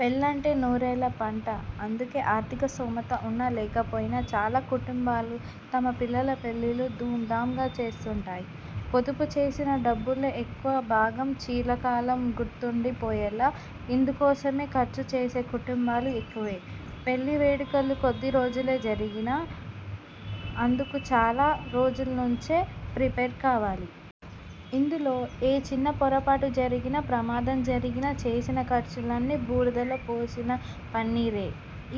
పెళ్లంటే నూరేళ్ల పంట. అందుకే ఆర్థిక స్థోమత ఉన్నా లేకపోయినా చాలా కుటుంబాలు, తమ పిల్లల పెళ్లిళ్లు ధూం ధాంగా చేస్తుంటాయి. పొదుపు చేసిన డబ్బుల్లో ఎక్కువ భాగం చిర కాలం గుర్తుండి పోయేలా ఇందు కోసమే ఖర్చు చేసే కుటుంబాలు ఎక్కువే. పెళ్లి వేడుకలు కొద్ది రోజులే జరిగినా అందుకు చాలా రోజుల నుంచే ప్రిపేర్ కావాలి. ఇందులో ఏ చిన్న పొరపాటు జరిగినా, ప్రమాదం జరిగినా చేసిన ఖర్చులన్నీ బూడిదలో పోసిన పన్నీరే.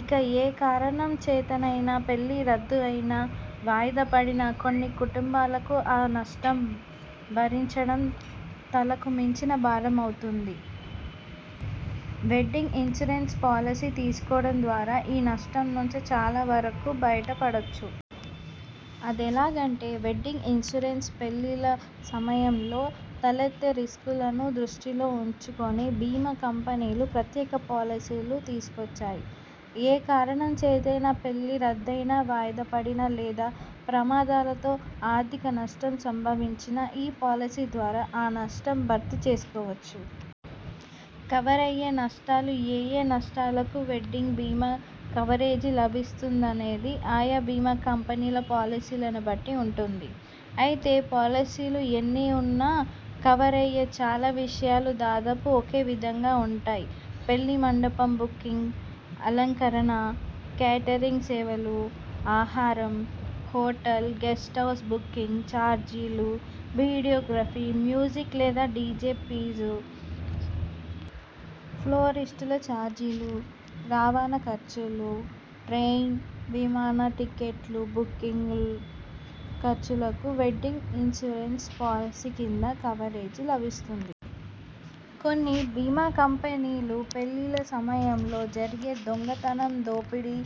ఇక ఏ కారణం చేతనైనా పెళ్లి రద్దయినా, వాయిదా పడినా కొన్ని కుటుంబాలకు ఆ నష్టం భరించడం తలకు మించిన భారమవుతుంది. వెడ్డింగ్ ఇన్సూరెన్స్ పాలసీ తీసుకోవడం ద్వారా ఈ నష్టం నుంచి చాలా వరకు బయట పడొచ్చు. అదెలాగంటే వెడ్డింగ్ ఇన్సూరెన్స్ పెళ్లిళ్ల సమయంలో తలెత్తే రిస్కులను దృష్టిలో ఉంచుకుని బీమా కంపెనీలు ప్రత్యేక పాలసీలు తీసుకొచ్చాయి. ఏ కారణం చేతనైనా పెళ్లి రద్దయినా, వాయిదా పడినా లేదా ప్రమాదాలతో ఆర్థిక నష్టం సంభవించినా ఈ పాలసీ ద్వారా ఆ నష్టం భర్తీ చేసుకోవచ్చు. కవరయ్యే నష్టాలు ఏయే నష్టాలకు వెడ్డింగ్ బీమా కవరేజీ లభిస్తుందనేది ఆయా బీమా కంపెనీల పాలసీలను బట్టి ఉంటుంది. అయితే పాలసీలు ఎన్ని ఉన్నా కవరయ్యే చాలా విషయాలు దాదాపు ఒకే విధంగా ఉంటాయి. పెళ్లి మండపం బుకింగ్, అలంకరణ, కేటరింగ్ సేవలు, ఆహారం, హోటల్, గెస్ట్ హౌజ్ బుకింగ్ చార్జీలు, వీడియోగ్రఫీ, మ్యూజిక్ లేదా డిజె ఫీజు, ఫ్లోరిస్టుల చార్జీలు, రవాణా ఖర్చులు, ట్రైన్, విమాన టిక్కెట్ల బుకింగ్ ఖర్చులుకు వెడ్డింగ్ ఇన్సూరెన్స్ పాలసీ కింద కవరేజీ లభిస్తుంది. కొన్ని బీమా కంపెనీలు పెళ్లిళ్ల సమయంలో జరిగే దొంగ తనం, దోపిడి,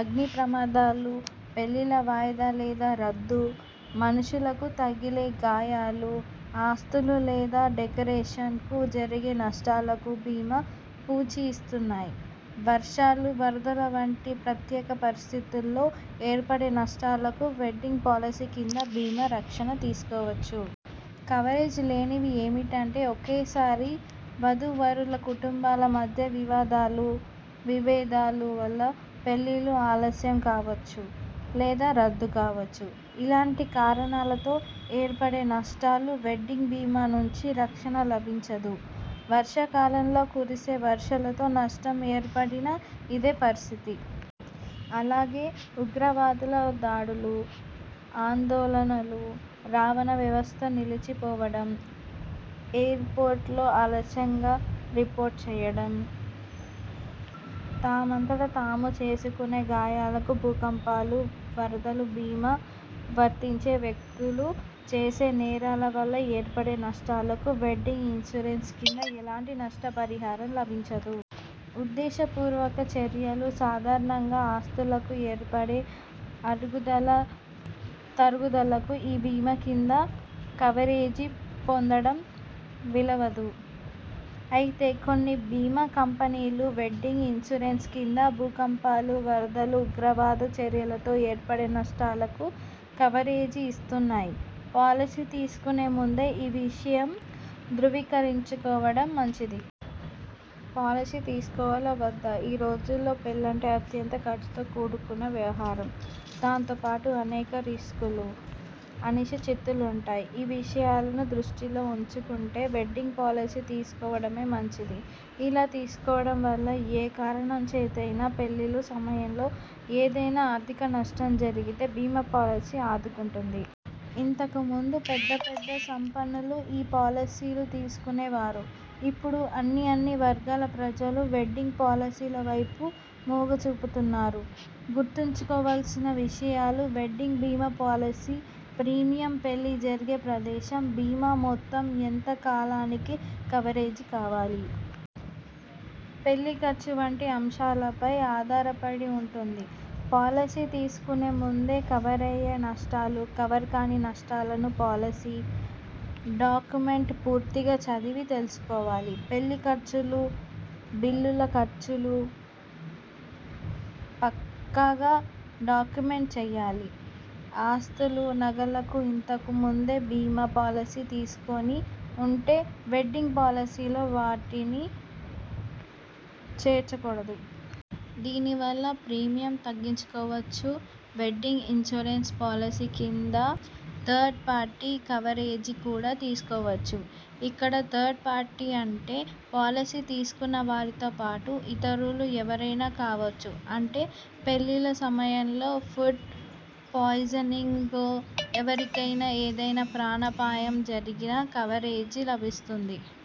అగ్ని ప్రమాదాలు, పెళ్లిళ్ల వాయిదా లేదా రద్దు, మనుషుల కు తగిలే గాయాలు, ఆస్తులు లేదా డెకరేషన్కు జరిగే నష్టాలకూ బీమా పూచి ఇస్తున్నాయి. వర్షాలు, వరదల వంటి ప్రత్యేక పరిస్థితుల్లో ఏర్పడే నష్టాలకూ వెడ్డింగ్ పాలసీ కింద బీమా రక్షణ తీసుకోవచ్చు. కవరేజీ లేనివి ఏమిటంటే, ఒక్కోసారి వధూవరుల కుటుంబాల మధ్య వివాదాలు, విభేదాల వల్ల పెళ్లిళ్లు ఆలస్యం కావచ్చు. లేదా రద్దు కావచ్చు. ఇలాంటి కారణాలతో ఏర్పడే నష్టాలు వెడ్డింగ్ బీమా నుంచి రక్షణ లభించదు. వర్షా కాలంలో కురిసే వర్షాలతో నష్టం ఏర్పడినా ఇదే పరిస్థితి. అలాగే ఉగ్రవాదుల దాడులు, ఆందోళనలు, రవాణా వ్యవస్థ నిలిచి పోవడం, ఎయుర్ పోర్టులో ఆలస్యంగా రిపోర్టు చేయడం, తమంతట తాము చేసుకునే గాయాలకు, భూకంపాలు, వరదలు, బీమా వర్తించే వ్యక్తులు చేసే నేరాల వల్ల ఏర్పడే నష్టాలకూ వెడ్డింగ్ ఇన్సూరెన్స్ కింద ఎలాంటి నష్ట పరిహారం లభించదు. ఉద్దేశ పూర్వక చర్యలు, సాధారణంగా ఆస్తులకు ఏర్పడే అరుగుదల, తరుగుదలకూ ఈ బీమా కింద కవరేజీ పొందడం వీలవదు. అయితే కొన్ని బీమా కంపెనీలు వెడ్డింగ్ ఇన్సూరెన్స్ కింద భూకంపాలు, వరదలు, ఉగ్రవాద చర్యలతో ఏర్పడే నష్టాలకూ కవరేజీ ఇస్తున్నాయి. పాలసీ తీసుకునే ముందే ఈ విషయం ధ్రువీకరించుకోవడం మంచిది. పాలసీ తీసుకోవాలా? వద్దా? ఈ రోజుల్లో పెళ్లంటే అత్యంత ఖర్చుతో కూడుకున్న వ్యవహారం. దాంతో పాటు అనేక రిస్కులు, అనిశ్చితులుంటాయి. ఈ విషయాలను దృష్టిలో ఉం చుకుంటే వెడ్డింగ్ పాలసీ తీసుకోవడమే మంచిది. ఇలా తీసుకోవడం వల్ల ఏ కారణం చేతనైనా పెళ్ళిళ్ల సమయంలో ఏదైనా ఆర్థిక నష్టం జరిగితే బీమా పాలసీ ఆదుకుంటుంది. ఇంతకు ముందు పెద్ద పెద్ద సంపన్నులు ఈ పాలసీలు తీసుకునేవారు. ఇపుడు అన్ని అన్ని వర్గాల ప్రజలు వెడ్డింగ్ పాలసీల వైపు మొగ్గు చూపుతున్నారు. గుర్తుంచుకోవాల్సిన విషయాలు వెడ్డింగ్ బీమా పాలసీ ప్రీమియం, పెళ్లి జరిగే ప్రదేశం, బీమా మొత్తం, ఎంత కాలానికి కవరేజీ కావాలి? పెళ్లి ఖర్చు వంటి అంశాలపై ఆధార పడి ఉంటుంది. పాలసీ తీసుకునే ముందే కవరయ్యే నష్టాలు, కవర్ కాని నష్టాలను పాలసీ డాక్యుమెంట్ పూర్తిగా చదివి తెలుసు కోవాలి. పెళ్లి ఖర్చులు, బిల్లుల ఖర్చులు పక్కాగా డాక్యుమెంట్ చేయాలి. ఆస్తులు, నగలకు ఇంతకు ముందే బీమా పాలసీ తీసుకుని ఉంటే వెడ్డింగ్ పాలసీలో వాటిని చేర్చకూడదు. దీని వల్ల ప్రీమియం తగ్గించుకోవచ్చు. వెడ్డింగ్ ఇన్సూరెన్స్ పాలసీ కింద థర్డ్ పార్టీ కవరేజీ కూడా తీసుకోవచ్చు. ఇక్కడ థర్డ్ పార్టీ అంటే పాలసీ తీసుకున్న వారితో పాటు ఇతరులు ఎవరైనా కావచ్చు. అంటే పెళ్లిళ్ల సమయంలో ఫుడ్ పాయిజనింగ్తో ఎవరికైనా ఏదైనా ప్రాణా పాయం జరిగినా కవరేజీ లభిస్తుంది.